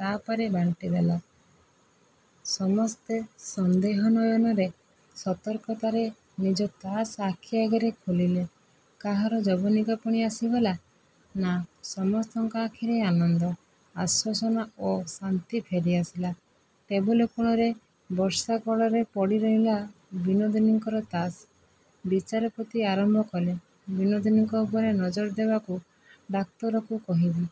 ତା ପରେ ବାଣ୍ଟିଦେଲା। ସମସ୍ତେ ସନ୍ଦେହ ନୟନରେ ସତର୍କତାରେ ନିଜ ତାସ୍ ଆଖି ଆଗରେ ଖୋଲିଲେ। କାହାର ଯବନିକା ପୁଣି ଆସିଗଲା? ନା, ସମସ୍ତଙ୍କ ଆଖିରେ ଆନନ୍ଦ, ଆଶ୍ୱାସନା ଓ ଶାନ୍ତି ଫେରିଆସିଲା। ଟେବୁଲ କୋଣରେ ବର୍ଷା କଡ଼ରେ ପଡ଼ିରହିଲା ବିନୋଦିନୀଙ୍କର ତାସ୍। ବିଚାରପତି ଆରମ୍ଭ କଲେ, ବିନୋଦିନୀଙ୍କ ଉପରେ ନଜର ଦେବାକୁ ଡାକ୍ତରକୁ କହିବି।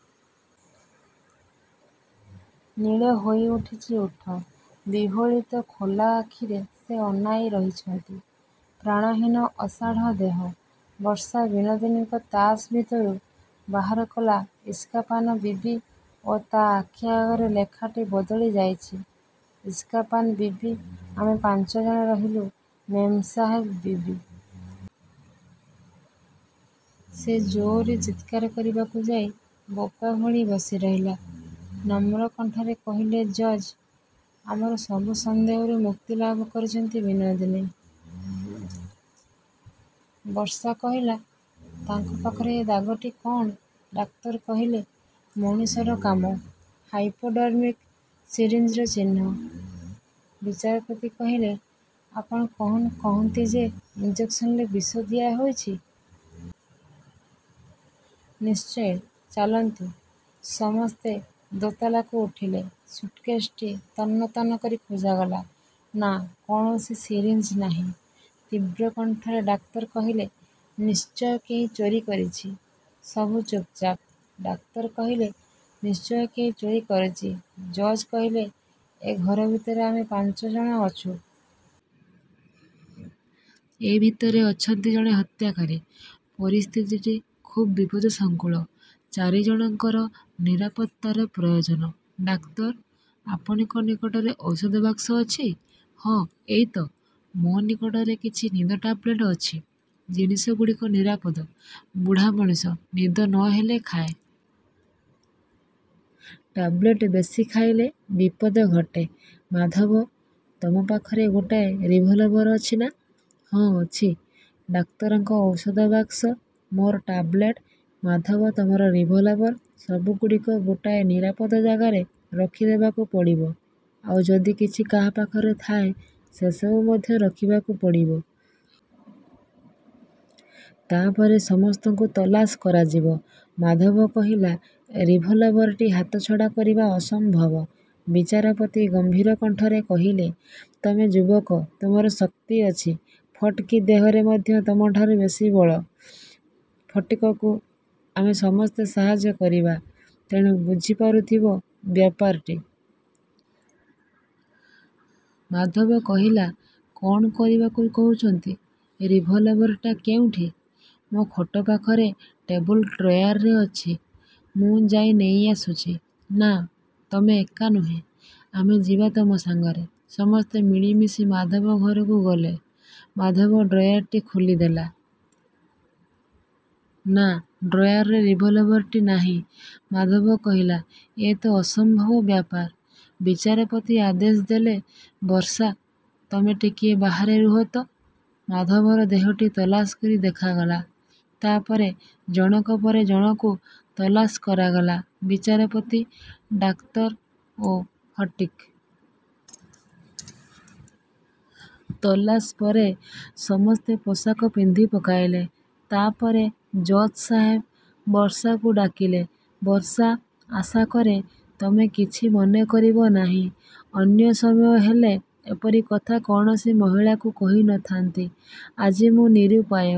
ନୀଳ ହୋଇଉଠିଛି ଓଠ। ବିହ୍ଵଳିତ ଖୋଲା ଆଖିରେ ସେ ଅନାଇ ରହିଛନ୍ତି। ପ୍ରାଣହୀନ ଅସାଡ଼ ଦେହ। ବର୍ଷା ବିନୋଦିନୀଙ୍କ ତାସ୍ ଭିତରୁ ବାହାର କଲା ଇସ୍କାପାନ ବିବି ଓ ତା ଆଖି ଆଗରେ ଲେଖାଟି ବଦଳିଯାଇଛି, ଇସ୍କାପାନ ବିବି, ଆମେ ପାଞ୍ଚ ଜଣ ରହିଲୁ ମେମ୍ ସାହେବ ବିବି। ସେ ଜୋରରେ ଚିତ୍କାର କରିବାକୁ ଯାଇ ବୋକାଭଳି ବସିରହିଲା। ନମ୍ର କଣ୍ଠରେ କହିଲେ ଜଜ୍, ଆମର ସବୁ ସନ୍ଦେହରୁ ମୁକ୍ତି ଲାଭ କରିଛନ୍ତି ବିନୋଦିନୀ। ବର୍ଷା କହିଲା, ତାଙ୍କ ପାଖରେ ଏ ଦାଗଟି କ'ଣ? ଡାକ୍ତର କହିଲେ, ମଣିଷର କାମ। ହାଇପୋଡର୍ମିକ ସିରିଞ୍ଜର ଚିହ୍ନ। ବିଚାରପତି କହିଲେ, ଆପଣ କ'ଣ କହନ୍ତି ଯେ ଇଞ୍ଜେକ୍ସନରେ ବିଷ ଦିଆହୋଇଛି? ନିଶ୍ଚୟ। ଚାଲନ୍ତୁ। ସମସ୍ତେ ଦୋତାଲାକୁ ଉଠିଲେ। ସୁଟକେସ ଟି ତନ୍ନ ତନ୍ନ କରି ଖୋଜାଗଲା। ନା, କୌଣସି ସିରିଞ୍ଜ ନାହିଁ। ତୀବ୍ର କଣ୍ଠରେ ଡାକ୍ତର କହିଲେ, ନିଶ୍ଚୟ କେହି ଚୋରି କରିଛି। ସବୁ ଚୁପଚାପ। ଡାକ୍ତର କହିଲେ, ନିଶ୍ଚୟ କେହି ଚୋରି କରିଛି! ଜଜ୍ କହିଲେ, ଏ ଘର ଭିତରେ ଆମେ ପାଞ୍ଚ ଜଣ ଅଛୁ। ଏ ଭିତରେ ଅଛନ୍ତି ଜଣେ ହତ୍ୟାକାରୀ। ପରିସ୍ଥିତିଟି ଖୁବ୍ ବିପଦସଂକୁଳ। ଚାରି ଜଣଙ୍କର ନିରାପତ୍ତାର ପ୍ରୟୋଜନ। ଡାକ୍ତର, ଆପଣଙ୍କ ନିକଟରେ ଔଷଧ ବାକ୍ସ ଅଛି। ହଁ, ଏଇ ତ। ମୋ ନିକଟରେ କିଛି ନିଦ ଟାବଲେଟ୍ ଅଛି। ଜିନିଷଗୁଡ଼ିକ ନିରାପଦ। ବୁଢ଼ା ମଣିଷ। ନିଦ ନ ହେଲେ ଖାଏ। ଟାବଲେଟ୍ ବେଶି ଖାଇଲେ ବିପଦ ଘଟେ। ମାଧବ, ତମ ପାଖରେ ଗୋଟାଏ ରିଭଲଭର ଅଛି ନା? ହଁ, ଅଛି। ଡାକ୍ତରଙ୍କ ଔଷଧ ବାକ୍ସ, ମୋର ଟାବଲେଟ୍, ମାଧବ ତମର ରିଭଲଭର, ସବୁଗୁଡ଼ିକ ଗୋଟାଏ ନିରାପଦ ଜାଗାରେ ରଖିଦେବାକୁ ପଡ଼ିବ। ଆଉ ଯଦି କିଛି କାହା ପାଖରେ ଥାଏ ସେସବୁ ମଧ୍ୟ ରଖିବାକୁ ପଡ଼ିବ। ତା ପରେ ସମସ୍ତଙ୍କୁ ତଲାସ କରାଯିବ। ମାଧବ କହିଲା, ରିଭଲଭର ଟି ହାତଛଡ଼ା କରିବା ଅସମ୍ଭବ। ବିଚାରପତି ଗମ୍ଭୀର କଣ୍ଠରେ କହିଲେ, ତମେ ଯୁବକ, ତମର ଶକ୍ତି ଅଛି। ଫଟିକ୍ ଦେହରେ ମଧ୍ୟ ତମଠାରୁ ବେଶି ବଳ। ଫଟିକକୁ ଆମେ ସମସ୍ତେ ସାହାଯ୍ୟ କରିବା। ତେଣୁ ବୁଝିପାରୁଥିବ ବ୍ୟାପାରଟି। ମାଧବ କହିଲା, କ'ଣ କରିବାକୁ କହୁଛନ୍ତି? ରିଭଲଭର ଟା କେଉଁଠି? ମୋ ଖଟ ପାଖରେ ଟେବୁଲ ଡ୍ରୟାରରେ ଅଛି। ମୁଁ ଯାଇ ନେଇଆସୁଛି। ନା, ତମେ ଏକା ନୁହେଁ, ଆମେ ଯିବା ତମ ସାଙ୍ଗରେ। ସମସ୍ତେ ମିଳିମିଶି ମାଧବ ଘରକୁ ଗଲେ। ମାଧବ ଡ୍ରୟାର ଟି ଖୋଲିଦେଲା। ନା, ଡ୍ରୟାରରେ ରିଭଲଭର ଟି ନାହିଁ! ମାଧବ କହିଲା, ଏ ତ ଅସମ୍ଭବ ବ୍ୟାପାର! ବିଚାରପତି ଆଦେଶ କଲେ, ବର୍ଷା, ତମେ ଟିକିଏ ବାହାରେ ରୁହ ତ। ମାଧବର ଦେହଟି ତଲାସ କରି ଦେଖାଗଲା। ତା ପରେ ଜଣକ ପରେ ଜଣକୁ ତଲାସ କରାଗଲା, ବିଚାରପତି, ଡାକ୍ତର ଓ ଫଟିକ୍। ତଲାସ ପରେ ସମସ୍ତେ ପୋଷାକ ପିନ୍ଧି ପକାଇଲେ। ତା ପରେ ଜଜ୍ ସାହେବ ବର୍ଷାକୁ ଡାକିଲେ, ବର୍ଷା, ଆଶା କରେ ତମେ କିଛି ମନେ କରିବ ନାହିଁ। ଅନ୍ୟ ସମୟ ହେଲେ ଏପରି କଥା କୌଣସି ମହିଳାକୁ କହି ନ ଥାନ୍ତି। ଆଜି ମୁଁ ନିରୁପାୟ।